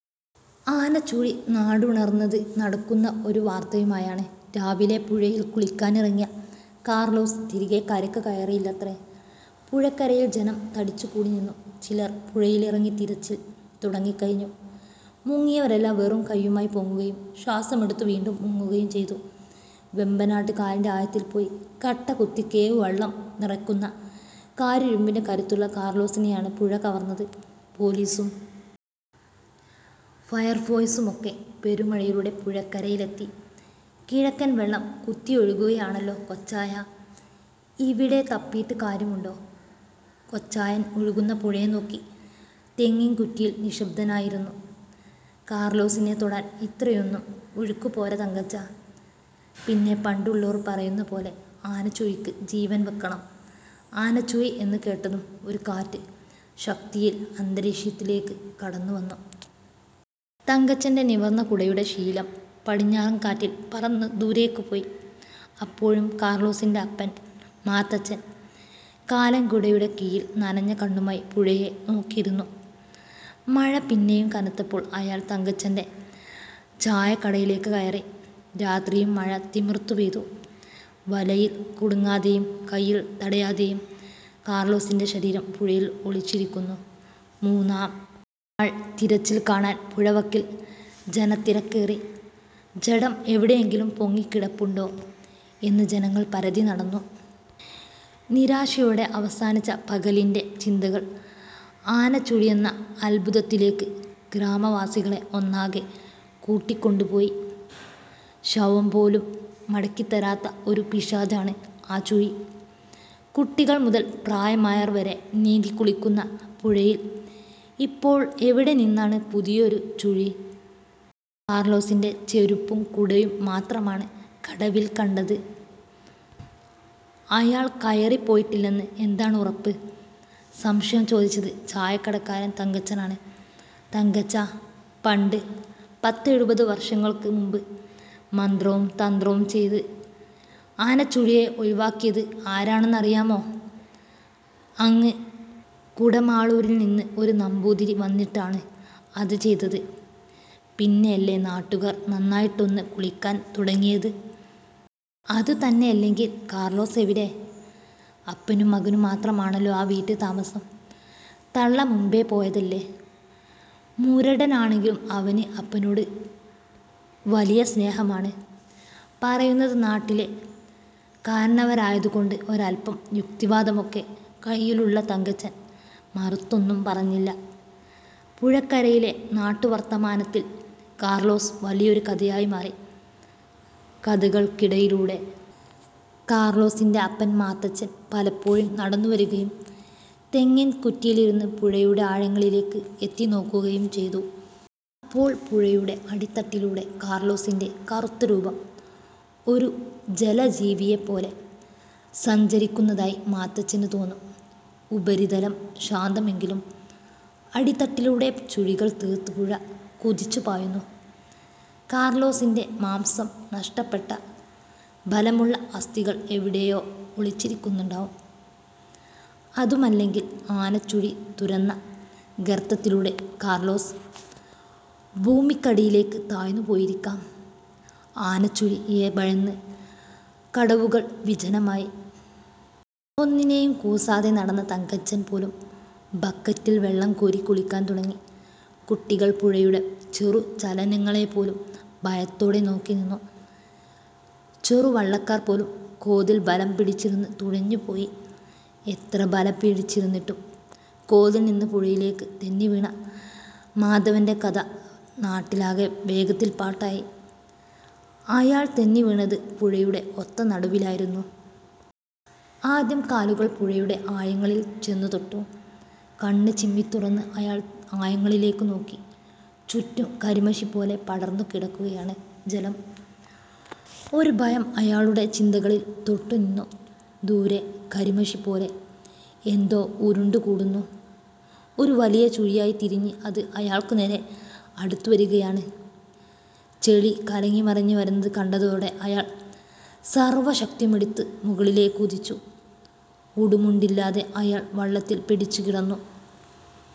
ആനച്ചുഴി നാടുണർന്നത് നടുക്കുന്ന ഒരു വാർത്തയുമായാണ്. രാവിലെ പുഴയിൽ കുളിക്കാനിറങ്ങിയ കാർലോസ് തിരികെ കരയ്ക്ക് കയറിയില്ലത്രേ. പുഴക്കരയിൽ ജനം തടിച്ചുകൂടി നിന്നു. ചിലർ പുഴയിലിറങ്ങി തിരച്ചിൽ തുടങ്ങിക്കഴിഞ്ഞു. മുങ്ങിയവരെല്ലാം വെറും കൈയുമായി പൊങ്ങുകയും ശ്വാസമെടുത്ത് വീണ്ടും മുങ്ങുകയും ചെയ്തു. വേമ്പനാട്ട് കായലിന്റെ ആഴത്തിൽ പോയി കട്ടകുത്തി കേവ് വള്ളം നിറയ്ക്കുന്ന കാരിരുമ്പിന്റെ കരുത്തുള്ള കാർലോസിനെയാണ് പുഴ കവർന്നത്. പോലീസും ഫയർഫോഴ്സുമൊക്കെ പെരുമഴയിലൂടെ പുഴക്കരയിലേക്കെത്തി. കിഴക്കൻ വെള്ളം കുത്തിയൊഴുകുകയാണല്ലോ കൊച്ചായാ. ഇവിടെ തപ്പിയിട്ട് കാര്യമുണ്ടോ. കൊച്ചായൻ ഒഴുകുന്ന പുഴയെ നോക്കി തെങ്ങിൻകുറ്റിയിൽ നിശബ്ദനായിരുന്നു. കാർലോസിനെ തൊടാൻ ഇത്രയൊന്നും ഒഴുക്ക് പോര തങ്കച്ചാ. പിന്നെ പണ്ടുള്ളോർ പറയുന്ന പോലെ ആനച്ചുഴിക്ക് ജീവൻ വെക്കണം. ആനച്ചുഴി എന്ന് കേട്ടതും ഒരു കാറ്റ് ശക്തിയിൽ അന്തരീക്ഷത്തിലേക്ക് കടന്നുവന്നു. തങ്കച്ചന്റെ നിവർന്ന കുടയുടെ ശീലം പിടഞ്ഞാറൻ കാറ്റിൽ പറന്ന് ദൂരേക്ക് പോയി. അപ്പോഴും കാർലോസിന്റെ അപ്പൻ മാത്തച്ചൻ കാലൻകുടയുടെ കീഴിൽ നനഞ്ഞ കണ്ണുമായി പുഴയെ നോക്കിയിരുന്നു. മഴ പിന്നെയും കനത്തപ്പോൾ അയാൾ തങ്കച്ചന്റെ ചായക്കടയിലേക്ക് കയറി. രാത്രിയും മഴ തിമിർത്തുപെയ്തു. വലയിൽ കുടുങ്ങാതെയും കൈയിൽ തടയാതെയും കാർലോസിന്റെ ശരീരം പുഴയിൽ ഒളിച്ചിരിക്കുന്നു. മൂന്നാം നാൾ തിരച്ചിൽ കാണാൻ പുഴവക്കിൽ ജനത്തിരക്കേറി. ജഡം എവിടെയെങ്കിലും പൊങ്ങിക്കിടപ്പുണ്ടോ എന്ന് ജനങ്ങൾ പരതി നടന്നു. നിരാശയോടെ അവസാനിച്ച പകലിന്റെ ചിന്തകൾ ആനച്ചുഴിയെന്ന അത്ഭുതത്തിലേക്ക് ഗ്രാമവാസികളെ ഒന്നാകെ കൂട്ടിക്കൊണ്ടുപോയി. ശവം പോലും മടക്കിത്തരാത്ത ഒരു പിശാചാണ് ആ ചുഴി. കുട്ടികൾ മുതൽ പ്രായമായവർ വരെ നീന്തിക്കുളിക്കുന്ന പുഴയിൽ ഇപ്പോൾ എവിടെനിന്നാണ് പുതിയൊരു ചുഴി. കാർലോസിന്റെ ചെരുപ്പും കുടയും മാത്രമാണ് കടവിൽ കണ്ടത്. അയാൾ കയറി പോയിട്ടില്ലെന്ന് എന്താണ് ഉറപ്പ്. സംശയം ചോദിച്ചത് ചായക്കടക്കാരൻ തങ്കച്ചനാണ്. തങ്കച്ചാ. പണ്ട് പത്തെഴുപത് വർഷങ്ങൾക്ക് മുൻപ് മന്ത്രവും തന്ത്രവും ചെയ്ത് ആനച്ചുഴിയെ ഒഴിവാക്കിയത് ആരാണെന്ന് അറിയാമോ. അങ്ങ് കുടമാളൂരിൽനിന്ന് ഒരു നമ്പൂതിരി വന്നിട്ടാണ് അത് ചെയ്തത്. പിന്നെയല്ലേ നാട്ടുകാർ നന്നായിട്ടൊന്ന് കുളിക്കാൻ തുടങ്ങിയത്. അതുതന്നെയല്ലെങ്കിൽ കാർലോസെവിടെ. അപ്പനും മകനും മാത്രമാണല്ലോ ആ വീട്ടിൽ താമസം. തള്ള മുൻപേ പോയതല്ലേ. മുരടനാണെങ്കിലും അവന് അപ്പനോട് വലിയ സ്നേഹമാണ്. പറയുന്നത് നാട്ടിലെ കാരണവരായതുകൊണ്ട് ഒരല്പം യുക്തിവാദമൊക്കെ കൈയിലുള്ള തങ്കച്ചൻ മറുത്തൊന്നും പറഞ്ഞില്ല. പുഴക്കരയിലെ നാട്ടുവർത്തമാനത്തിൽ കാർലോസ് വലിയൊരു കഥയായി മാറി. കഥകൾക്കിടയിലൂടെ കാർലോസിന്റെ അപ്പൻ മാത്തച്ചൻ പലപ്പോഴും നടന്നുവരുകയും തെങ്ങിൻകുറ്റിയിലിരുന്ന് പുഴയുടെ ആഴങ്ങളിലേക്ക് എത്തിനോക്കുകയും ചെയ്തു. അപ്പോൾ പുഴയുടെ അടിത്തട്ടിലൂടെ കാർലോസിന്റെ കറുത്ത രൂപം ഒരു ജലജീവിയെപ്പോലെ സഞ്ചരിക്കുന്നതായി മാത്തച്ചന് തോന്നും. ഉപരിതലം ശാന്തമെങ്കിലും അടിത്തട്ടിലൂടെ ചുഴികൾ തീർത്ത് പുഴ കുതിച്ചുപായുന്നു. കാർലോസിന്റെ മാംസം നഷ്ടപ്പെട്ട ബലമുള്ള അസ്ഥികൾ എവിടെയോ ഒളിച്ചിരിക്കുന്നുണ്ടാവാം. അതുമല്ലെങ്കിൽ ആനച്ചുഴി തുരന്ന ഗർത്തത്തിലൂടെ കാർലോസ് ഭൂമിക്കടിയിലേക്ക് താഴ്ന്നുപോയിരിക്കാം. ആനച്ചുഴിയെ ഭയന്ന് കടവുകൾ വിജനമായി. ഒന്നിനെയും കൂസാതെ നടന്ന തങ്കച്ചൻ പോലും ബക്കറ്റിൽ വെള്ളം കോരി കുളിക്കാൻ തുടങ്ങി. കുട്ടികൾ പുഴയുടെ ചെറുചലനങ്ങളെപ്പോലും ഭയത്തോടെ നോക്കിനിന്നു. ചെറുവള്ളക്കാർ പോലും കോതിൽ ബലംപിടിച്ചിരുന്ന് തുഴഞ്ഞുപോയി. എത്ര ബലംപിടിച്ചിരുന്നിട്ടും കോതിൽനിന്ന് പുഴയിലേക്ക് തെന്നിവീണ മാധവന്റെ കഥ നാട്ടിലാകെ വേഗത്തിൽ പാട്ടായി. അയാൾ തെന്നിവീണത് പുഴയുടെ ഒത്ത നടുവിലായിരുന്നു. ആദ്യം കാലുകൾ പുഴയുടെ ആഴങ്ങളിൽ ചെന്നുതൊട്ടു. കണ്ണ് ചിമ്മിത്തുറന്ന് അയാൾ ആഴങ്ങളിലേക്ക് നോക്കി. ചുറ്റും കരിമഷിപോലെ പടർന്നുകിടക്കുകയാണ് ജലം.ഒരു ഭയം അയാളുടെ ചിന്തകളിൽ തൊട്ടുനിന്നു. ദൂരെ കരിമഷിപോലെ എന്തോ ഉരുണ്ടുകൂടുന്നു. ഒരു വലിയ ചുഴിയായി തിരിഞ്ഞ് അത് അയാൾക്ക് നേരെ അടുത്തുവരികയാണ്. ചെളി കലങ്ങിമറിഞ്ഞ് വരുന്നത് കണ്ടതോടെ അയാൾ സർവശക്തിയുമെടുത്ത് മുകളിലേക്ക് കുതിച്ചു. ഉടുമുണ്ടില്ലാതെ അയാൾ വള്ളത്തിൽ പിടിച്ചുകിടന്നു.